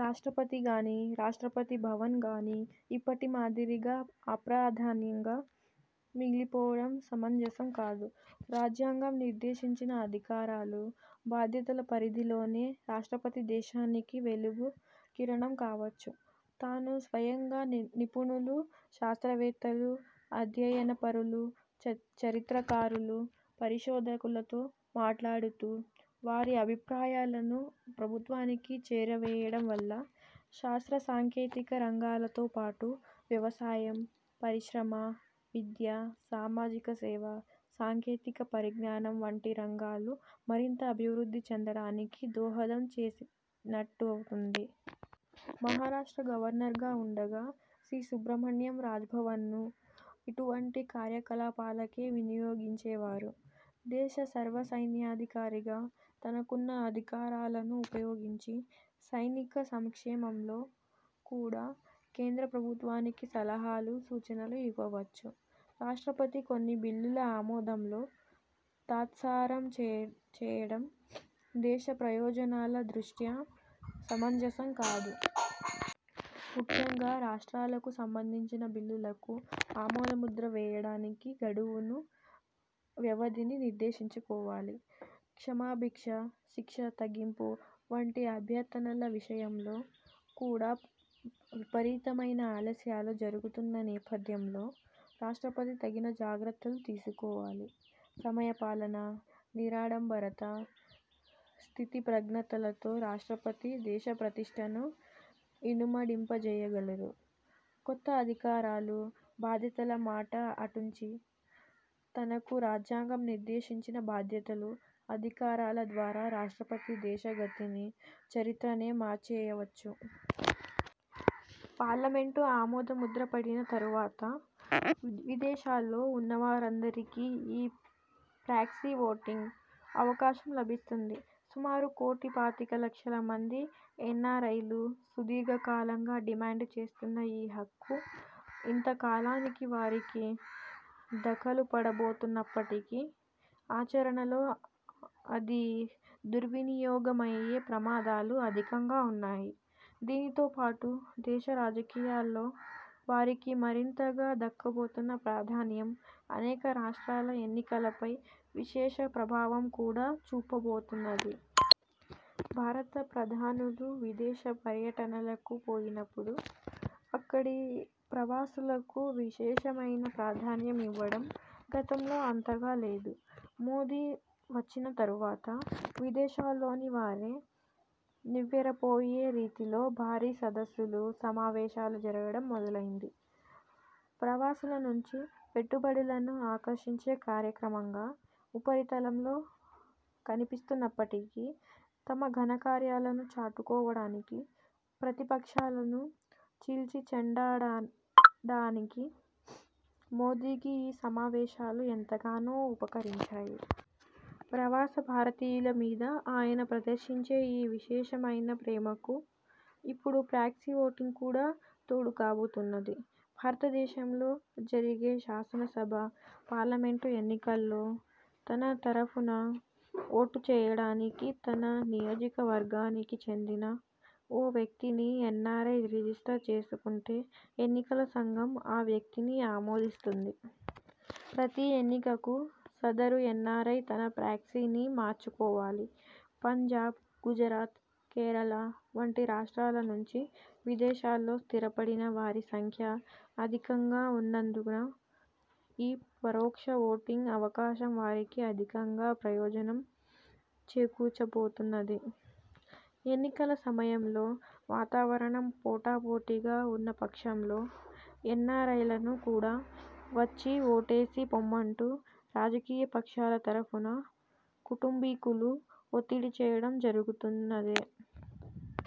రాష్ట్రపతి గానీ, రాష్ట్రపతి భవన్ గానీ ఇప్పటి మాదిరిగా అప్రాధాన్యంగా మిగిలిపోవడం సమంజసం కాదు. రాజ్యాంగం నిర్దేశించిన అధికారాలు, బాధ్యతల పరిధిలోనే రాష్ట్రపతి దేశానికి వెలుగు కిరణం కావచ్చు. తాను స్వయంగా నిపుణులు, శాస్త్రవేత్తలు, అధ్యయనపరులు, చరిత్రకారులు, పరిశోధకులతో మాట్లాడుతూ, వారి అభిప్రాయాలను ప్రభుత్వానికి చేరవేయడం వల్ల శాస్త్రసాంకేతిక రంగాలతో పాటు వ్యవసాయం, పరిశ్రమ, విద్య, సామాజిక సేవ, సాంకేతిక పరిజ్ఞానం వంటి రంగాలు మరింత అభివృద్ధి చెందడానికి దోహదం చేసినట్టవుతుంది. మహారాష్ట్ర గవర్నర్గా ఉండగా సి. సుబ్రహ్మణ్యం రాజ్భవన్ను ఇటువంటి కార్యకలాపాలకే వినియోగించేవారు. దేశ సర్వసైన్యాధికారిగా తనకున్న అధికారాలను ఉపయోగించి సైనిక సంక్షేమంలో కూడా కేంద్ర ప్రభుత్వానికి సలహాలు, సూచనలు ఇవ్వవచ్చు. రాష్ట్రపతి కొన్ని బిల్లుల ఆమోదంలో తాత్సారం చేయడం దేశ ప్రయోజనాల దృష్ట్యా సమంజసం కాదు. ముఖ్యంగా రాష్ర్టాలకు సంబంధించిన బిల్లులకు ఆమోదముద్ర వేయడానికి గడువును, వ్యవధిని నిర్దేశించుకోవాలి. క్షమాభిక్ష, శిక్ష తగ్గింపు వంటి అభ్యర్థనల విషయంలో కూడా విపరీతమైన ఆలస్యాలు జరుగుతున్న నేపథ్యంలో రాష్ట్రపతి తగిన జాగ్రత్తలు తీసుకోవాలి. సమయ పాలన, నిరాడంబరత, స్థితప్రజ్ఞతలతో రాష్ట్రపతి దేశ ప్రతిష్ఠను ఇనుమడింపజేయగలరు. కొత్త అధికారాలు, బాధ్యతల మాట అటుంచి, తనకు రాజ్యాంగం నిర్దేశించిన బాధ్యతలు, అధికారాల ద్వారా రాష్ట్రపతి దేశ గతిని, చరిత్రనే మార్చేయవచ్చు. పార్లమెంటు ఆమోదముద్ర పడిన తరువాత, విదేశాల్లో ఉన్నవారందరికీ ఈ 'ప్రాక్సీ ఓటింగ్' అవకాశం లభిస్తుంది. సుమారు కోటీ పాతికలక్షల మంది ఎన్నారైలు సుదీర్ఘకాలంగా డిమాండుచేస్తున్న ఈ హక్కు ఇంతకాలానికి వారికి దఖలుపడబోతున్నప్పటికీ, ఆచరణలో అది దుర్వినియోగమయ్యే ప్రమాదాలు అధికంగా ఉన్నాయి. దీనితోపాటు దేశ రాజకీయాల్లో వారికి మరింతగా దక్కబోతున్న ప్రాధాన్యం అనేక రాష్ట్రాల ఎన్నికలపై విశేష ప్రభావం కూడా చూపబోతున్నది. భారత ప్రధానులు విదేశ పర్యటనలకు పోయినప్పుడు అక్కడి ప్రవాసులకు విశేషమైన ప్రాధాన్యం ఇవ్వడం గతంలో అంతగా లేదు. మోదీ వచ్చిన తరువాత, విదేశాల్లోనివారే నివ్వెరపోయే రీతిలో భారీ సదస్సులు, సమావేశాలు జరగడం మొదలైంది. ప్రవాసులనుంచి పెట్టుబడులను ఆకర్షించే కార్యక్రమంగా ఉపరితలంలో కనిపిస్తున్నప్పటికీ, తమ ఘనకార్యాలను చాటుకోవడానికీ, ప్రతిపక్షాలను చీల్చిచెండాడడానికీ మోదీకి ఈ సమావేశాలు ఎంతగానో ఉపకరించాయి. ప్రవాస భారతీయుల మీద ఆయన ప్రదర్శించే ఈ విశేషమైన ప్రేమకు ఇప్పుడు ప్రాక్సీ ఓటింగ్ కూడా తోడుకాబోతున్నది. భారతదేశంలో జరిగే శాసనసభ, పార్లమెంటు ఎన్నికల్లో తన తరఫున ఓటుచేయడానికి తన నియోజకవర్గానికి చెందిన ఓ వ్యక్తిని ఎన్నారై రిజిస్టర్ చేసుకుంటే ఎన్నికల సంఘం ఆ వ్యక్తిని ఆమోదిస్తుంది. ప్రతీ ఎన్నికకు సదరు ఎన్నారై తన ప్రాక్సీని మార్చుకోవాలి. పంజాబ్, గుజరాత్, కేరళ వంటి రాష్ట్రాల నుంచి విదేశాల్లో స్థిరపడిన వారి సంఖ్య అధికంగా ఉన్నందున ఈ పరోక్ష ఓటింగ్ అవకాశం వారికి అధికంగా ప్రయోజనం చేకూర్చబోతున్నది. ఎన్నికల సమయంలో వాతావరణం పోటాపోటీగా ఉన్నపక్షంలో ఎన్నారైలను కూడా వచ్చి ఓటేసి పొమ్మంటూ రాజకీయపక్షాల తరఫున కుటుంబీకులు ఒత్తిడిచేయడం జరుగుతున్నదే.